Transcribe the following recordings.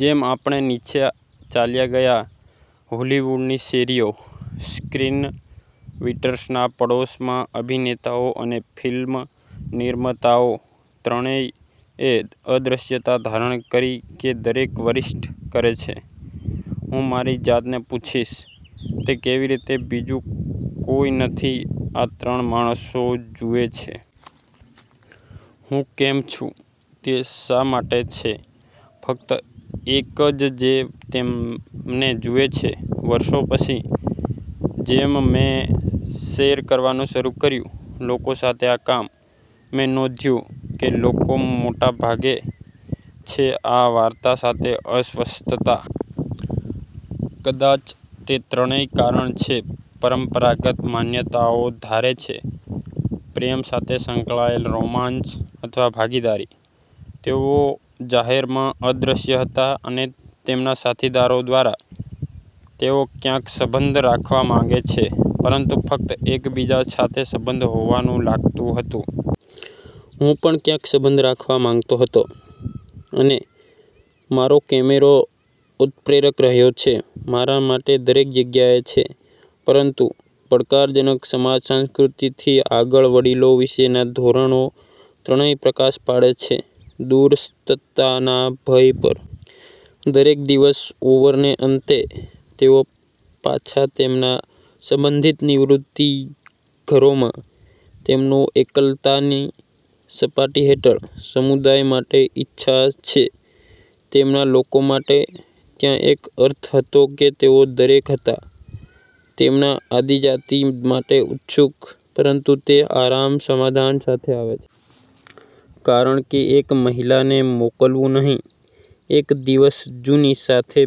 જેમ આપણે નીચે ચાલ્યા ગયા હોલીવૂડની શેરીઓ, સ્ક્રીનવીટર્સના પડોશમાં, અભિનેતાઓ અને ફિલ્મ નિર્માતાઓ, ત્રણેયએ અદ્રશ્યતા ધારણ કરી કે દરેક વરિષ્ઠ કરે છે. હું મારી જાતને પૂછીશ, "તે કેવી રીતે બીજું કોઈ નથી આ ત્રણ માણસો જુએ છે? હું કેમ છું તે શા માટે છે ફક્ત એક જ જે તેમને જુએ છે? " વર્ષો પછી, જેમ મેં શેર કરવાનું શરૂ કર્યું લોકો સાથે આ કામ, મેં નોંધ્યું કે લોકો મોટે ભાગે છે આ વાર્તા સાથે અસ્વસ્થતા. કદાચ તે ત્રણેય કારણ છે પરંપરાગત માન્યતાઓ ધારે છે પ્રેમ સાથે સંકળાયેલ, રોમાંસ અથવા ભાગીદારી. તેઓ જાહેરમાં અદ્રશ્ય હતા અને તેમના સાથીદારો દ્વારા. તેઓ ક્યાંક સંબંધ રાખવા માંગે છે પરંતુ ફક્ત એકબીજા સાથે સંબંધ હોવાનું લાગતું હતું. હું પણ ક્યાંક સંબંધ રાખવા માંગતો હતો. અને મારો કૅમેરો ઉત્પ્રેરક રહ્યો છે મારા માટે દરેક જગ્યાએ છે. પરંતુ પડકારજનક સમાજ-સાંસ્કૃતિકથી આગળ વડીલો વિશેના ધોરણો, ત્રણેય પ્રકાશ પાડે છે દૂરસ્થતા ના ભય પર. દરેક દિવસ ઓવરને અંતે, તેઓ પાછા તેમના સંબંધિત નિવૃત્તિ ઘરોમાં. તેમના એકલતા ની સપાટી હેઠળ, સમુદાય માટે ઇચ્છા છે, તેમના લોકો માટે. ત્યાં એક અર્થ હતો કે તેઓ દરેક હતા તેમના આદિજાતિ માટે ઉત્સુક, પરંતુ તે આરામ સમાધાન સાથે આવે છે,। કારણ કે એક મહિલાને મોકલવું નહીં. એક દિવસ જીની સાથે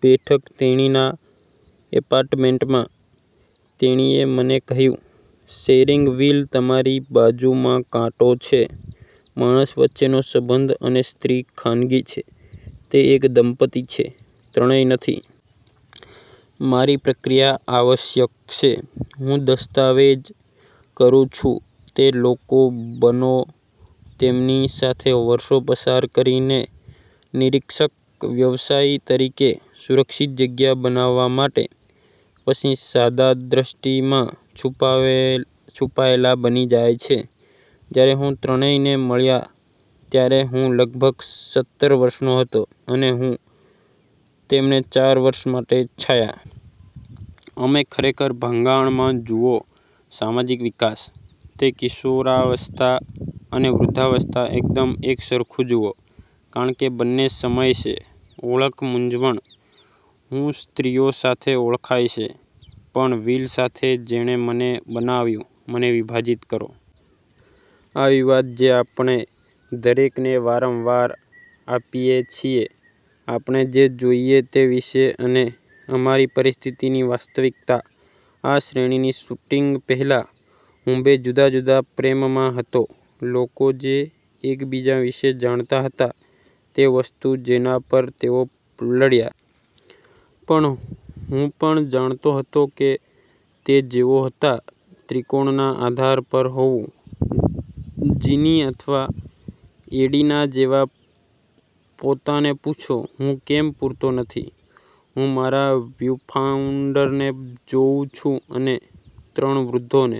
બેઠક તેણીના ઍપાર્ટમેન્ટમાં, તેણીએ મને કહ્યું, "શેરિંગ વીલ તમારી બાજુમાં કાંટો છે. માણસ વચ્ચેનો સંબંધ અને સ્ત્રી ખાનગી છે. તે એક દંપતિ છે, ત્રણેય નથી. " મારી પ્રક્રિયા આવશ્યક છે હું દસ્તાવેજ કરું છું તે લોકો બનો તેમની સાથે વર્ષો પસાર કરીને નિરીક્ષક-વ્યવસાયી તરીકે, સુરક્ષિત જગ્યા બનાવવા માટે, પછી સાદા દૃષ્ટિ માં છુપાયેલા બની જાય છે. જ્યારે હું ત્રણેયને મળ્યો ત્યારે હું લગભગ સત્તર વર્ષનો હતો, અને હું તેમને ચાર વર્ષ માટે છાયા. અમે ખરેખર, ભંગાણ માં જુઓ સામાજિક વિકાસ, તે કિશોરાવસ્થા અને વૃદ્ધાવસ્થા એકદમ એકસરખું જુઓ, કારણ કે બંને સમય છે ઓળખ મૂંઝવણ. હું સ્ત્રીઓ સાથે ઓળખાય છે. પણ વિલ સાથે, જેણે મને બનાવ્યું મને વિભાજીત કરો. આ વિવાદ જે આપણે દરેકને વારંવાર આપીએ છીએ આપણે જે જોઈએ તે વિશે અને અમારી પરિસ્થિતિની વાસ્તવિકતા. આ શ્રેણીની શૂટિંગ પહેલાં, હું બે જુદા જુદા પ્રેમમાં હતો લોકો જે એકબીજા વિશે જાણતા હતા, તે વસ્તુ જેના પર તેઓ લડ્યા. પણ હું પણ જાણતો હતો કે તે જેવો હતો ત્રિકોણના આધાર પર હોવું, જીની અથવા એડિના જેવા, પોતાને પૂછો, "હું કેમ પૂરતો નથી? " હું મારા વ્યુફાઈન્ડરને જોઉં છું અને ત્રણ વૃદ્ધોને